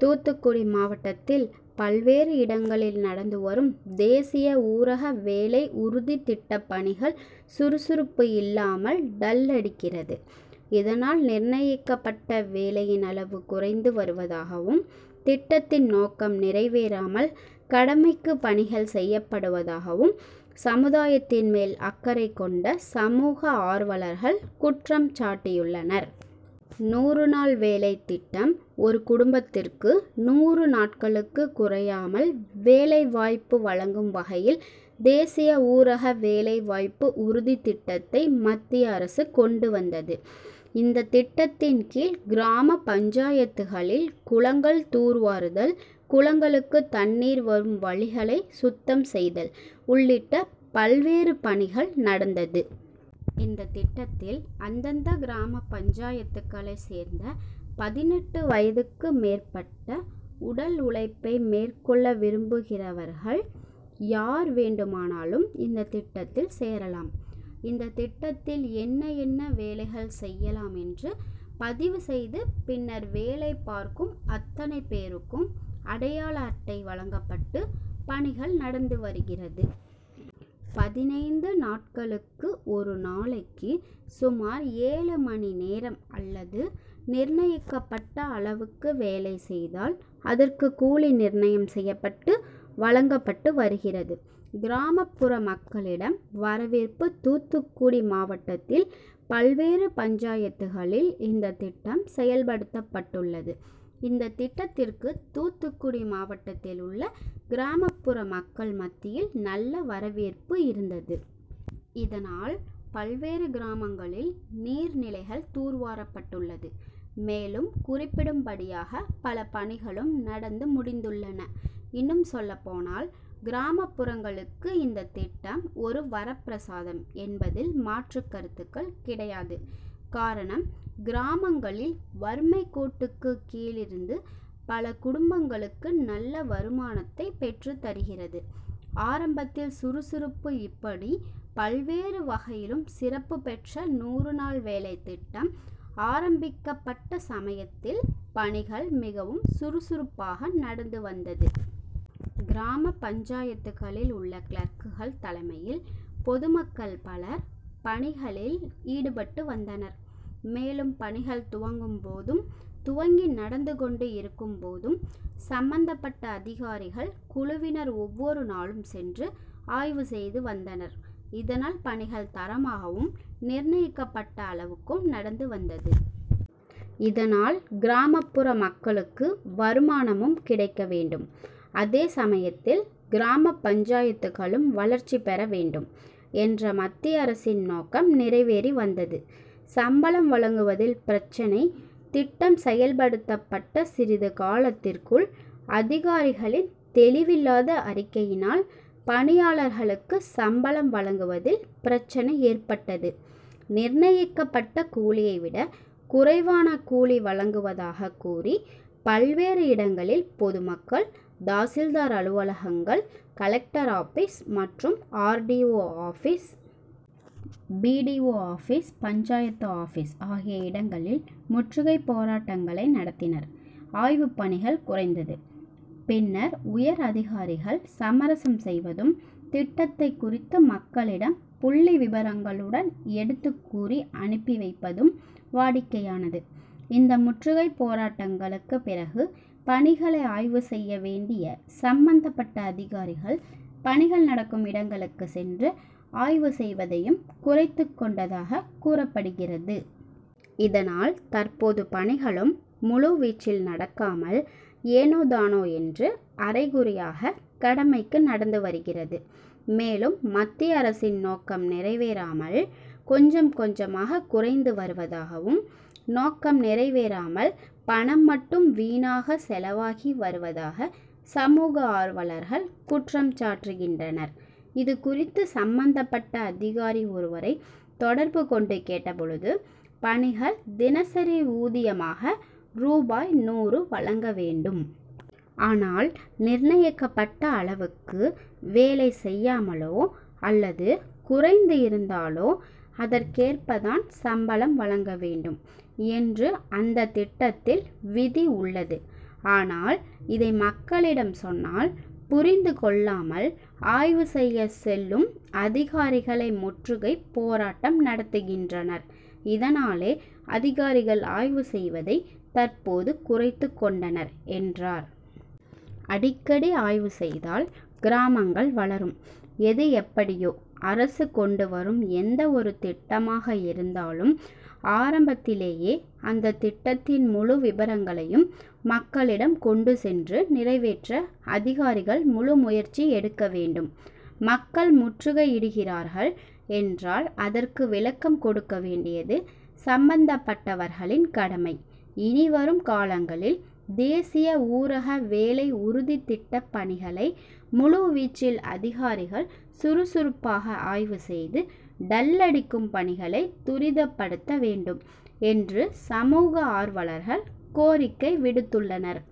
தூத்துக்குடி தூத்துக்குடி மாவட்டத்தில் பல்வேறு இடங்களில் நடந்து வரும் தேசிய ஊரக வேலை உறுதிதிட்டப்பணிகள் சுறுசுறுப்பு இல்லாமல் டல் அடிக்கிறது. இதனால் நிர்ணயிக்கப்பட்ட வேலையின் அளவு குறைந்து வருவதாகவும், திட்டத்தின் நோக்கம் நிறைவேறாமல் கடமைக்கு பணிகள் செய்யப்படுவதாகவும் சமுதாயத்தின் மேல் அக்கரை கொண்ட சமூக ஆர்வலர்கள் குற்றம்சாட்டியுள்ளனர். நூறு நாள் வேலை திட்டம் ஒரு குடும்பத்திற்கு நூறு நாட்களுக்கு குறையாமல் வேலை வாய்ப்பு வழங்கும் வகையில் தேசிய ஊரக வேலை வாய்ப்பு உறுதி திட்டத்தை மத்திய அரசு கொண்டு வந்தது. இந்த திட்டத்தின் கீழ் கிராம பஞ்சாயத்துகளில் குளங்கள் தூர்வாறுதல், குளங்களுக்கு தண்ணீர் வரும் வழிகளை சுத்தம் செய்தல் உள்ளிட்ட பல்வேறு பணிகள் நடந்தது. இந்த திட்டத்தில் அந்தந்த கிராம பஞ்சாயத்துகளை சேர்ந்த பதினெட்டு வயதுக்கு மேற்பட்ட உடல் உழைப்பை மேற்கொள்ள விரும்புகிறர்வர்கள் யார் வேண்டுமானாலும் இந்த திட்டத்தில் சேரலாம். இந்த திட்டத்தில் என்ன என்ன வேலைகள் செய்யலாம் என்று பதிவு செய்து, பின்னர் வேலை பார்க்கும் அத்தனை பேருக்கும் அடையாள அட்டை வழங்கப்பட்டு பணிகள் நடந்துவருகிறது. பதினைந்து நாட்களுக்கு ஒரு நாளைக்கு சுமார் ஏழு மணிநேரம் அல்லது நிர்ணயிக்கப்பட்ட அளவுக்கு வேலை செய்தால் அதற்கு கூலி நிர்ணயம் செய்யப்பட்டு வழங்கப்பட்டு வருகிறது. கிராமப்புற மக்களிடம் வரவேற்பு தூத்துக்குடி மாவட்டத்தில் பல்வேறு பஞ்சாயத்துகளில் இந்த திட்டம் செயல்படுத்தப்பட்டுள்ளது. இந்த திட்டத்திற்கு தூத்துக்குடி மாவட்டத்தில் உள்ள கிராமபுற மக்கள் மத்தியில் நல்ல வரவேற்பு இருந்தது. இதனால் பல்வேறு கிராமங்களில் நீர்நிலைகள் தூர்வாரப்பட்டுள்ளது. மேலும் குறிப்பிடும் படியாக பல பணிகளும் நடந்துமுடிந்துள்ளன. இன்னும் சொல்லப்போனால் கிராமப்புறங்களுக்கு இந்த திட்டம் ஒரு வரப்பிரசாதம் என்பதில் மாற்றுகருத்துக்கள் கிடையாது. காரணம் கிராமங்களில் வறுமைக்கோட்டுக்கு கீழ் இருந்து பல குடும்பங்களுக்கு நல்ல வருமானத்தை பெற்று தருகிறது. ஆரம்பத்தில் சுறுசுறுப்பு இப்படி பல்வேறு வகையிலும் சிறப்பு பெற்ற நூறுநாள் வேலை திட்டம் ஆரம்பிக்கப்பட்ட சமயத்தில் பணிகள் மிகவும் சுறுசுறுப்பாக நடந்துவந்தது. கிராம பஞ்சாயத்துகளில் உள்ள கிளர்க்குகள் தலைமையில் பொதுமக்கள் பலர் பணிகளில் ஈடுபட்டு வந்தனர். மேலும் பணிகள் துவங்கும் போதும், துவங்கி நடந்துகொண்டு இருக்கும் போதும், சம்பந்தப்பட்ட அதிகாரிகள் குழுவினர் ஒவ்வொரு நாளும் சென்று ஆய்வு செய்துவந்தனர். இதனால் பணிகள் தரமாகவும், நிர்ணயிக்கப்பட்ட அளவுக்கும் நடந்து வந்தது. இதனால் கிராமபுற மக்களுக்கு வருமானமும் கிடைக்கவேண்டும், அதே சமயத்தில் கிராம பஞ்சாயத்துகளும் வளர்ச்சிபெற வேண்டும் என்ற மத்திய அரசின் நோக்கம் நிறைவேறி வந்தது. சம்பளம் வழங்குவதில் பிரச்னை திட்டம் செயல்படுத்தப்பட்ட சிறிது காலத்திற்குள் அதிகாரிகளின் தெளிவில்லாத அறிக்கையினால் பணியாளர்களுக்கு சம்பளம் வழங்குவதில் பிரச்னை ஏற்பட்டது. நிர்ணயிக்கப்பட்ட கூலியை விட குறைவான கூலி வழங்குவதாக கூறி பல்வேறு இடங்களில் பொதுமக்கள் தாசில்தார் அலுவலங்கள், கலெக்டர் ஆபிஸ், மற்றும் ஆர்டிஓ.,ஆபிஸ், பிடிஓ.,ஆபிஸ், பஞ்சாயத்து ஆபிஸ் ஆகிய இடங்களில் முற்றுகைப் போராட்டங்களை நடத்தினர். ஆய்வு பணிகள் குறைந்தது பின்னர் உயர் அதிகாரிகள் சமரசம் செய்வதும் திட்டத்தை குறித்து மக்களிடம் புள்ளிவிபரங்களுடன் எடுத்து கூறி அனுப்பிவைப்பதும் வாடிக்கையானது. இந்த முற்றுகைபோராட்டங்களுக்கு பிறகு பணிகளை ஆய்வு செய்ய வேண்டிய சம்பந்தப்பட்ட அதிகாரிகள் பணிகள் நடக்கும் இடங்களுக்கு சென்று ஆய்வு செய்வதையும் குறைத்துக்கொண்டதாக கூறப்படுகிறது. இதனால் தற்பொழுது பணிகளும் முழுவீச்சில் நடக்காமல், ஏனோதானோ என்று அறைகுறையாக கடமைக்கு நடந்துவருகிறது. மேலும் மத்திய அரசின் நோக்கம் நிறைவேறாமல் கொஞ்சம் கொஞ்சமாக குறைந்துவருவதாகம், நோக்கம் நிறைவேறாமல் பணம் மட்டும் வீணாக செலவாகி வருவதாக சமூக ஆர்வலர்கள் குற்றம்சாட்டுகின்றனர். இதுகுறித்து சம்பந்தபட்ட அதிகாரி ஒருவரை தொடர்பு கொண்டு கேட்டபொழுது பணிகள் தினசரி ஊதியமாக ரூபாய் நூறு வழங்கவேண்டும். ஆனால் நிர்ணயிக்கப்பட்ட அளவுக்கு வேலை செய்யாமலோ அல்லது குறைந்து இருந்தாலோ அதற்கேற்பதான் சம்பளம் வழங்கவேண்டும் என்று அந்த திட்டத்தில் விதி உள்ளது. ஆனால் இதை மக்களிடம் சொன்னால் புரிந்துகொள்ளாமல் ஆய்வு செய்ய செல்லும் அதிகாரிகளை முற்றுகை போராட்டம் நடத்துகின்றனர். இதனாலே அதிகாரிகள் ஆய்வு செய்வதை தற்பொழுது குறைத்துக்கொண்டனர் என்றார். அடிக்கடி ஆய்வு செய்தால் கிராமங்கள் வளரும் எதுஎப்படியோ அரசு கொண்டு வரும் எந்த ஒரு திட்டமாக இருந்தாலும் ஆரம்பத்திலேயே அந்த திட்டத்தின் முழுவிபரங்களையும் மக்களிடம் கொண்டு சென்று நிறைவேற்ற அதிகாரிகள் முழுமுயற்சி எடுக்கவேண்டும். மக்கள் முற்றுகையிடுகிறார்கள் என்றால் அதற்கு விளக்கம் கொடுக்கவேண்டியது சம்பந்தப்பட்டவர்களின் கடமை. இனிவரும் காலங்களில் தேசிய ஊரக வேலை உறுதிதிட்டப்பணிகளை முழுவீச்சில் அதிகாரிகள் சுறுசுறுப்பாக ஆய்வு செய்து டல் அடிக்கும் பணிகளை துரிதப்படுத்தவேண்டும் என்று சமூக ஆர்வலர்கள் கோரிக்கை விடுத்துள்ளனர்.